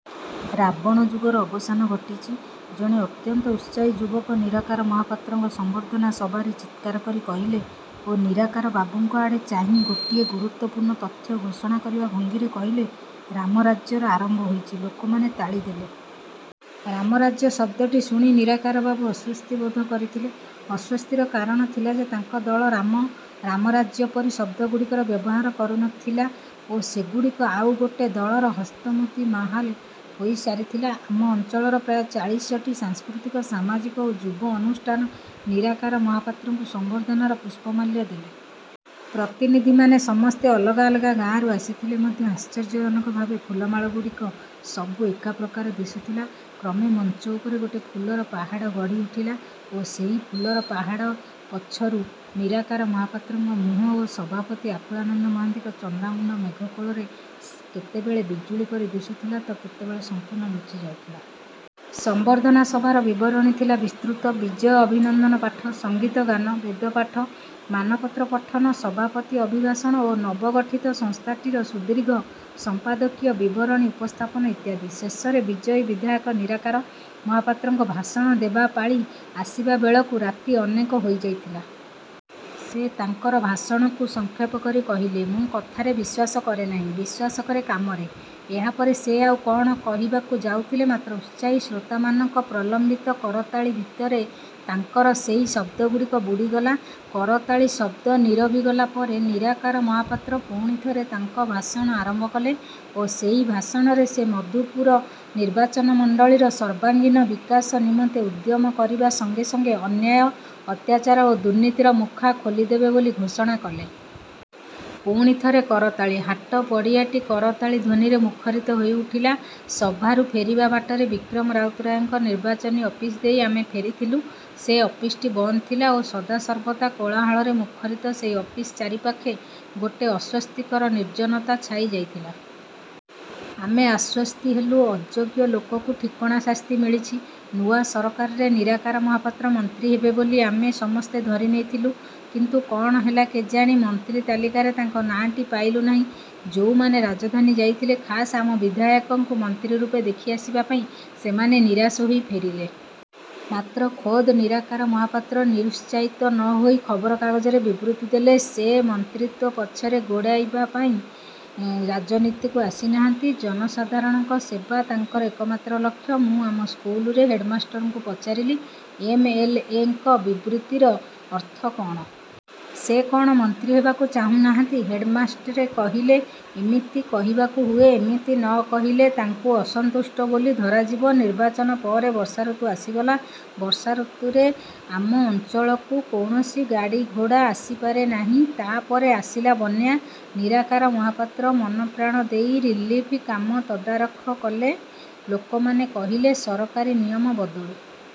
"ରାବଣ ଯୁଗର ଅବସାନ ଘଟିଛି," ଜଣେ ଅତ୍ୟନ୍ତ ଉତ୍ସାହୀ ଯୁବକ ନିରାକାର ମହାପାତ୍ରଙ୍କ ସମ୍ବର୍ଦ୍ଧନା ସଭାରେ ଚିତ୍କାର କରି କହିଲେ ଓ ନିରାକାର ବାବୁଙ୍କ ଆଡ଼େ ଚାହିଁ ଗୋଟିଏ ଗୁରୁତ୍ୱପୂର୍ଣ୍ଣ ତଥ୍ୟ ଘୋଷଣା କରିବା ଭଙ୍ଗୀରେ କହିଲେ, "ରାମରାଜ୍ୟର ଆରମ୍ଭ ହୋଇଛି। "ଲୋକମାନେ ତାଳି ଦେଲେ। 'ରାମରାଜ୍ୟ' ଶବ୍ଦଟି ଶୁଣି ନିରାକାରବାବୁ ଅସ୍ୱସ୍ତି ବୋଧ କରିଥିଲେ। ଅସ୍ୱସ୍ତିର କାରଣ ଥିଲା ଯେ ତାଙ୍କ ଦଳ 'ରାମ', 'ରାମରାଜ୍ୟ' ପରି ଶବ୍ଦଗୁଡ଼ିକର ବ୍ୟବହାର କରୁ ନ ଥିଲା ଓ ସେଗୁଡ଼ିକ ଆଉ ଗୋଟେ ଦଳର ହସ୍ତମୁଦି ମାହାଲ ହୋଇସାରିଥିଲା। ଆମ ଅଞ୍ଚଳର ପ୍ରାୟ ଚାଳିଶଟି ସାଂସ୍କୃତିକ, ସାମାଜିକ ଓ ଯୁବ ଅନୁଷ୍ଠାନ ନିରାକାର ମହାପାତ୍ରଙ୍କୁ ସମ୍ବର୍ଦ୍ଧନାର ପୁଷ୍ପମାଲ୍ୟ ଦେଲେ। ପ୍ରତିନିଧିମାନେ ସମସ୍ତେ ଅଲଗା ଅଲଗା ଗାଁରୁ ଆସିଥିଲେ ମଧ୍ୟ ଆଶ୍ଚର୍ଯ୍ୟଜନକ ଭାବେ ଫୁଲମାଳଗୁଡ଼ିକ ସବୁ ଏକାପ୍ରକାର ଦିଶୁଥିଲା। କ୍ରମେ ମଞ୍ଚ ଉପରେ ଗୋଟେ ଫୁଲର ପାହାଡ଼ ଗଢ଼ି ଉଠିଲା ଓ ସେହି ଫୁଲର ପାହାଡ଼ ପଛରୁ ନିରାକାର ମହାପାତ୍ରଙ୍କ ମୁହଁ ଓ ସଭାପତି ଆକୁଳାନନ୍ଦ ମହାନ୍ତିଙ୍କ ଚନ୍ଦାମୁଣ୍ଡ ମେଘ କୋଳରେ କେତେବେଳେ ବିଜୁଳି ପରି ଦିଶୁଥିଲା ତ କେତେବେଳେ ସମ୍ପୂର୍ଣ୍ଣ ଲୁଚି ଯାଉଥିଲା। ସମ୍ବର୍ଦ୍ଧନା ସଭାର ବିବରଣୀ ଥିଲା ବିସ୍ତୃତ। ବିଜୟ ଅଭିନନ୍ଦନ ପାଠ, ସଙ୍ଗୀତ ଗାନ, ବେଦପାଠ, ମାନପତ୍ର ପଠନ, ସଭାପତି ଅଭିଭାଷଣ ଓ ନବଗଠିତ ସଂସ୍ଥାଟିର ସୁଦୀର୍ଘ ସମ୍ପାଦକୀୟ ବିବରଣୀ ଉପସ୍ଥାପନ ଇତ୍ୟାଦି। ଶେଷରେ ବିଜୟୀ ବିଧାୟକ ନିରାକାର ମହାପାତ୍ରଙ୍କ ଭାଷଣ ଦେବା ପାଳି ଆସିବା ବେଳକୁ ରାତି ଅନେକ ହୋଇଯାଇଥିଲା। ସେ ତାଙ୍କର ଭାଷଣକୁ ସଂକ୍ଷେପ କରି କହିଲେ, "ମୁଁ କଥାରେ ବିଶ୍ୱାସ କରେ ନାହିଁ, ବିଶ୍ୱାସ କରେ କାମରେ। "ଏହାପରେ ସେ ଆଉ କ'ଣ କହିବାକୁ ଯାଉଥିଲେ, ମାତ୍ର ଉତ୍ସାହୀ ଶ୍ରୋତାମାନଙ୍କ ପ୍ରଲମ୍ବିତ କରତାଳି ଭିତରେ ତାଙ୍କର ସେଇ ଶବ୍ଦଗୁଡ଼ିକ ବୁଡ଼ିଗଲା। କରତାଳି ଶବ୍ଦ ନୀରବି ଗଲା ପରେ ନିରାକାର ମହାପାତ୍ର ପୁଣିଥରେ ତାଙ୍କ ଭାଷଣ ଆରମ୍ଭ କଲେ ଓ ସେଇ ଭାଷଣରେ ସେ ମଧୁପୁର ନିର୍ବାଚନ ମଣ୍ଡଳୀର ସର୍ବାଙ୍ଗୀନ ବିକାଶ ନିମନ୍ତେ ଉଦ୍ୟମ କରିବା ସଙ୍ଗେ ସଙ୍ଗେ ଅନ୍ୟାୟ, ଅତ୍ୟାଚାର ଓ ଦୁର୍ନୀତିର ମୁଖା ଖୋଲିଦେବେ ବୋଲି ଘୋଷଣା କଲେ। ପୁଣିଥରେ କରତାଳି। ହାଟ ପଡ଼ିଆଟି କରତାଳି ଧ୍ୱନିରେ ମୁଖରିତ ହୋଇ ଉଠିଲା। ସଭାରୁ ଫେରିବା ବାଟରେ ବିକ୍ରମ ରାଉତରାୟଙ୍କ ନିର୍ବାଚନୀ ଅଫିସ୍ ଦେଇ ଆମେ ଫେରିଥିଲୁ। ସେ ଅଫିସ୍‌ଟି ବନ୍ଦ ଥିଲା ଓ ସଦାସର୍ବଦା କୋଳାହଳରେ ମୁଖରିତ ସେହି ଅଫିସ୍ ଚାରିପାଖେ ଗୋଟେ ଅସ୍ୱସ୍ତିକର ନିର୍ଜନତା ଛାଇ ଯାଇଥିଲା। ଆମେ ଆଶ୍ୱସ୍ତ ହେଲୁ। ଅଯୋଗ୍ୟ ଲୋକକୁ ଠିକଣା ଶାସ୍ତି ମିଳିଛି। ନୂଆ ସରକାରରେ ନିରାକାର ମହାପାତ୍ର ମନ୍ତ୍ରୀ ହେବେ ବୋଲି ଆମେ ସମସ୍ତେ ଧରି ନେଇଥିଲୁ। କିନ୍ତୁ କ'ଣ ହେଲା କେଜାଣି, ମନ୍ତ୍ରୀ ତାଲିକାରେ ତାଙ୍କ ନାଁଟି ପାଇଲୁ ନାହିଁ। ଯୋଉମାନେ ରାଜଧାନୀ ଯାଇଥିଲେ, ଖାସ୍ ଆମ ବିଧାୟକଙ୍କୁ ମନ୍ତ୍ରୀ ରୂପେ ଦେଖି ଆସିବା ପାଇଁ, ସେମାନେ ନିରାଶ ହୋଇ ଫେରିଲେ। ମାତ୍ର ଖୋଦ୍ ନିରାକାର ମହାପାତ୍ର ନିରୁତ୍ସାହିତ ନ ହୋଇ ଖବରକାଗଜରେ ବିବୃତି ଦେଲେ, ସେ ମନ୍ତ୍ରୀତ୍ୱ ପଛରେ ଗୋଡ଼େଇବା ପାଇଁ ରାଜନୀତିକୁ ଆସିନାହାନ୍ତି, ଜନସାଧାରଣଙ୍କ ସେବା ତାଙ୍କର ଏକମାତ୍ର ଲକ୍ଷ୍ୟ। ମୁଁ ଆମ ସ୍କୁଲରେ ହେଡ୍‌ମାଷ୍ଟରଙ୍କୁ ପଚାରିଲି, "ଏମ୍. ଏଲ୍. ଏ. ଙ୍କ ବିବୃତିର ଅର୍ଥ କ'ଣ? ସେ କ'ଣ ମନ୍ତ୍ରୀ ହେବାକୁ ଚାହୁଁ ନାହାନ୍ତି? "ହେଡ୍‌ମାଷ୍ଟରେ କହିଲେ, "ଏମିତି କହିବାକୁ ହୁଏ। ଏମିତି ନ କହିଲେ ତାଙ୍କୁ ଅସନ୍ତୁଷ୍ଟ ବୋଲି ଧରାଯିବ।"ନିର୍ବାଚନ ପରେ ବର୍ଷାଋତୁ ଆସିଗଲା। ବର୍ଷାଋତୁରେ ଆମ ଅଞ୍ଚଳକୁ କୌଣସି ଗାଡ଼ିଘୋଡ଼ା ଆସି ପାରେ ନାହିଁ। ତା'ପରେ ଆସିଲା ବନ୍ୟା। ନିରାକାର ମହାପାତ୍ର ମନପ୍ରାଣ ଦେଇ ରିଲିଫ୍ କାମ ତଦାରଖ କଲେ। ଲୋକମାନେ କହିଲେ, ସରକାରୀ ନିୟମ ବଦଳୁ--